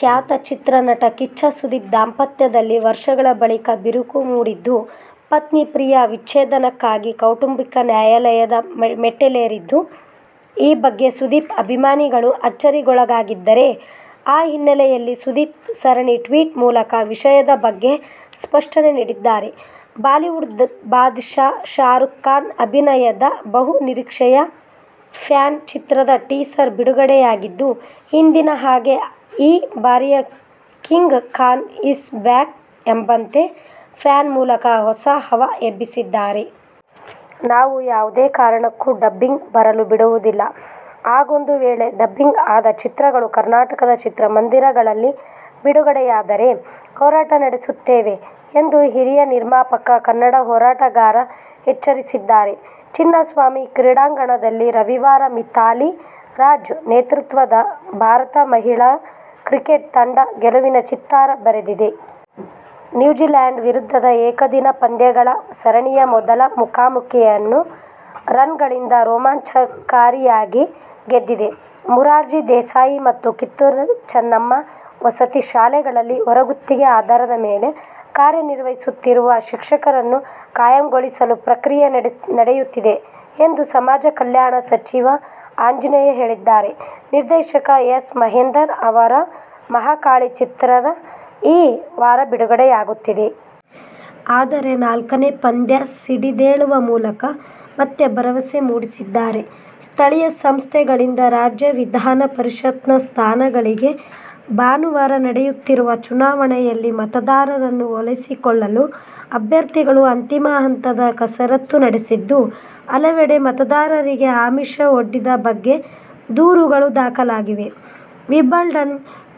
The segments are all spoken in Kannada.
ಖ್ಯಾತ ಚಿತ್ರ ನಟ ಕಿಚ್ಚ ಸುದೀಪ್ ದಾಂಪತ್ಯದಲ್ಲಿ ವರ್ಷಗಳ ಬಳಿಕ ಬಿರುಕು ಮೂಡಿದ್ದು, ಪತ್ನಿ ಪ್ರಿಯಾ ವಿಚ್ಛೇದನಕ್ಕಾಗಿ ಕೌಟುಂಬಿಕ ನ್ಯಾಯಾಲಯದ ಮೆಟ್ಟಿಲೇರಿದ್ದು, ಈ ಬಗ್ಗೆ ಸುದೀಪ್ ಅಭಿಮಾನಿಗಳು ಅಚ್ಚರಿಗೊಳಗಾಗಿದ್ದಾರೆ. ಆ ಹಿನ್ನೆಲೆಯಲ್ಲಿ ಸುದೀಪ್ ಸರಣಿ ಟ್ವೀಟ್ ಮೂಲಕ ವಿಷಯದ ಬಗ್ಗೆ ಸ್ಪಷ್ಟನೆ ನೀಡಿದ್ದಾರೆ. ಬಾಲಿವುಡ್ ಬಾದ್'ಶಾ ಶಾರೂಕ್ ಖಾನ್ ಅಭಿನಯದ ಬಹು ನಿರೀಕ್ಷೆಯ ಫ್ಯಾನ್ ಚಿತ್ರದ ಟೀಸರ್ ಬಿಡುಗಡೆಯಾಗಿದ್ದು ಹಿಂದಿನ ಹಾಗೆ ಈ ಬಾರಿಯು ಕಿಂಗ್ ಖಾನ್ ಇಸ್ ಬ್ಯಾಕ್ ಎಂಬಂತೆ ಫ್ಯಾನ್ ಮೂಲಕ ಹೊಸ ಹವಾ ಎಬ್ಬಿಸಿದ್ದಾರೆ. "ನಾವು ಯಾವುದೇ ಕಾರಣಕ್ಕೂ ಡಬ್ಬಿಂಗ್ ಬರಲು ಬಿಡುವುದಿಲ್ಲ. ಹಾಗೊಂದು ವೇಳೆ ಡಬ್ಬಿಂಗ್ ಆದ ಚಿತ್ರಗಳು ಕರ್ನಾಟಕದ ಚಿತ್ರಮಂದಿರಗಳಲ್ಲಿ ಬಿಡುಗಡೆಯಾದರೆ, ಹೋರಾಟ ನಡೆಸುತ್ತೇವೆ' ಎಂದು ಹಿರಿಯ ನಿರ್ಮಾಪಕ, ಕನ್ನಡ ಹೋರಾಟಗಾರ ಎಚ್ಚರಿಸಿದ್ದಾರೆ. ಚಿನ್ನಸ್ವಾಮಿ ಕ್ರೀಡಾಂಗಣದಲ್ಲಿ ರವಿವಾರ ಮಿಥಾಲಿ ರಾಜ್ ನೇತೃತ್ವದ ಭಾರತದ ಮಹಿಳಾ ಕ್ರಿಕೆಟ್ ತಂಡ ಗೆಲುವಿನ ಚಿತ್ತಾರ ಬರೆದಿದೆ. ನ್ಯೂಜಿಲ್ಯಾಂಡ್ ವಿರುದ್ಧದ ಏಕದಿನ ಪಂದ್ಯಗಳ ಸರಣಿಯ ಮೊದಲ ಮುಖಾಮುಖೀಯನ್ನು ರನ್ಗಳಿಂದ ರೋಮಾಂಚಕಾರಿಯಾಗಿ ಗೆದ್ದಿದೆ. ಮೊರಾರ್ಜಿ ದೇಸಾಯಿ ಮತ್ತು ಕಿತ್ತೂರು ಚೆನ್ನಮ್ಮ ವಸತಿ ಶಾಲೆಗಳಲ್ಲಿಹೊರಗುತ್ತಿಗೆ ಆಧಾರದ ಮೇಲೆ ಕಾರ್ಯನಿರ್ವಹಿಸುತ್ತಿರುವ ಶಿಕ್ಷಕರನ್ನು ಕಾಯಂಗೊಳಿಸುವ ಪ್ರಕ್ರಿಯೆ ನಡೆಯುತ್ತಿದೆ ಎಂದು ಸಮಾಜ ಕಲ್ಯಾಣ ಸಚಿವ ಆಂಜನೇಯ ಹೇಳಿದ್ದಾರೆ. ನಿರ್ದೇಶಕ ಎಸ್. ಮಹೇಂದರ್ ಅವರ "ಮಹಾಕಾಳಿ' ಚಿತ್ರ ಈ ವಾರ ಬಿಡುಗಡೆಯಾಗುತ್ತಿದೆ. ಆದರೆ ನಾಲ್ಕನೇ ಪಂದ್ಯ ಸಿಡಿದೇಳುವ ಮೂಲಕ ಮತ್ತೆ ಭರವಸೆ ಮೂಡಿಸಿದ್ದಾರೆ. ಸ್ಥಳೀಯ ಸಂಸ್ಥೆಗಳಿಂದ ರಾಜ್ಯ ವಿಧಾನ ಪರಿಷತ್ನ ಸ್ಥಾನಗಳಿಗೆ ಭಾನುವಾರ ನಡೆಯುತ್ತಿರುವ ಚುನಾವಣೆಯಲ್ಲಿ ಮತದಾರರನ್ನು ಓಲೈಸಿಕೊಳ್ಳಲು ಅಭ್ಯರ್ಥಿಗಳು ಅಂತಿಮ ಹಂತದ ಕಸರತ್ತು ನಡೆಸಿದ್ದು, ಹಲವೆಡೆ ಮತದಾರರಿಗೆ ಆಮಿಷ ಒಡ್ಡಿದ ಬಗ್ಗೆ ದೂರುಗಳು ದಾಖಲಾಗಿವೆ. ವಿಂಬಲ್ಡನ್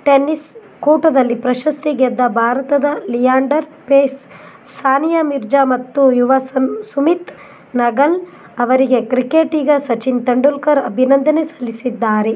ಟೆನಿಸ್ ಕೂಟದಲ್ಲಿ ಪ್ರಶಸ್ತಿ ಗೆದ್ದ ಭಾರತದ ಲಿಯಾಂಡರ್ ಪೇಸ್, ಸಾನಿಯಾ ಮಿರ್ಜಾ ಮತ್ತು ಯುವ ಸುಮಿತ್ ನಗಲ್ ಅವರಿಗೆ ಕ್ರಿಕೆಟಿಗ ಸಚಿನ್ ತೆಂಡುಲ್ಕರ್ ಅಭಿನಂದನೆ ಸಲ್ಲಿಸಿದ್ದಾರೆ.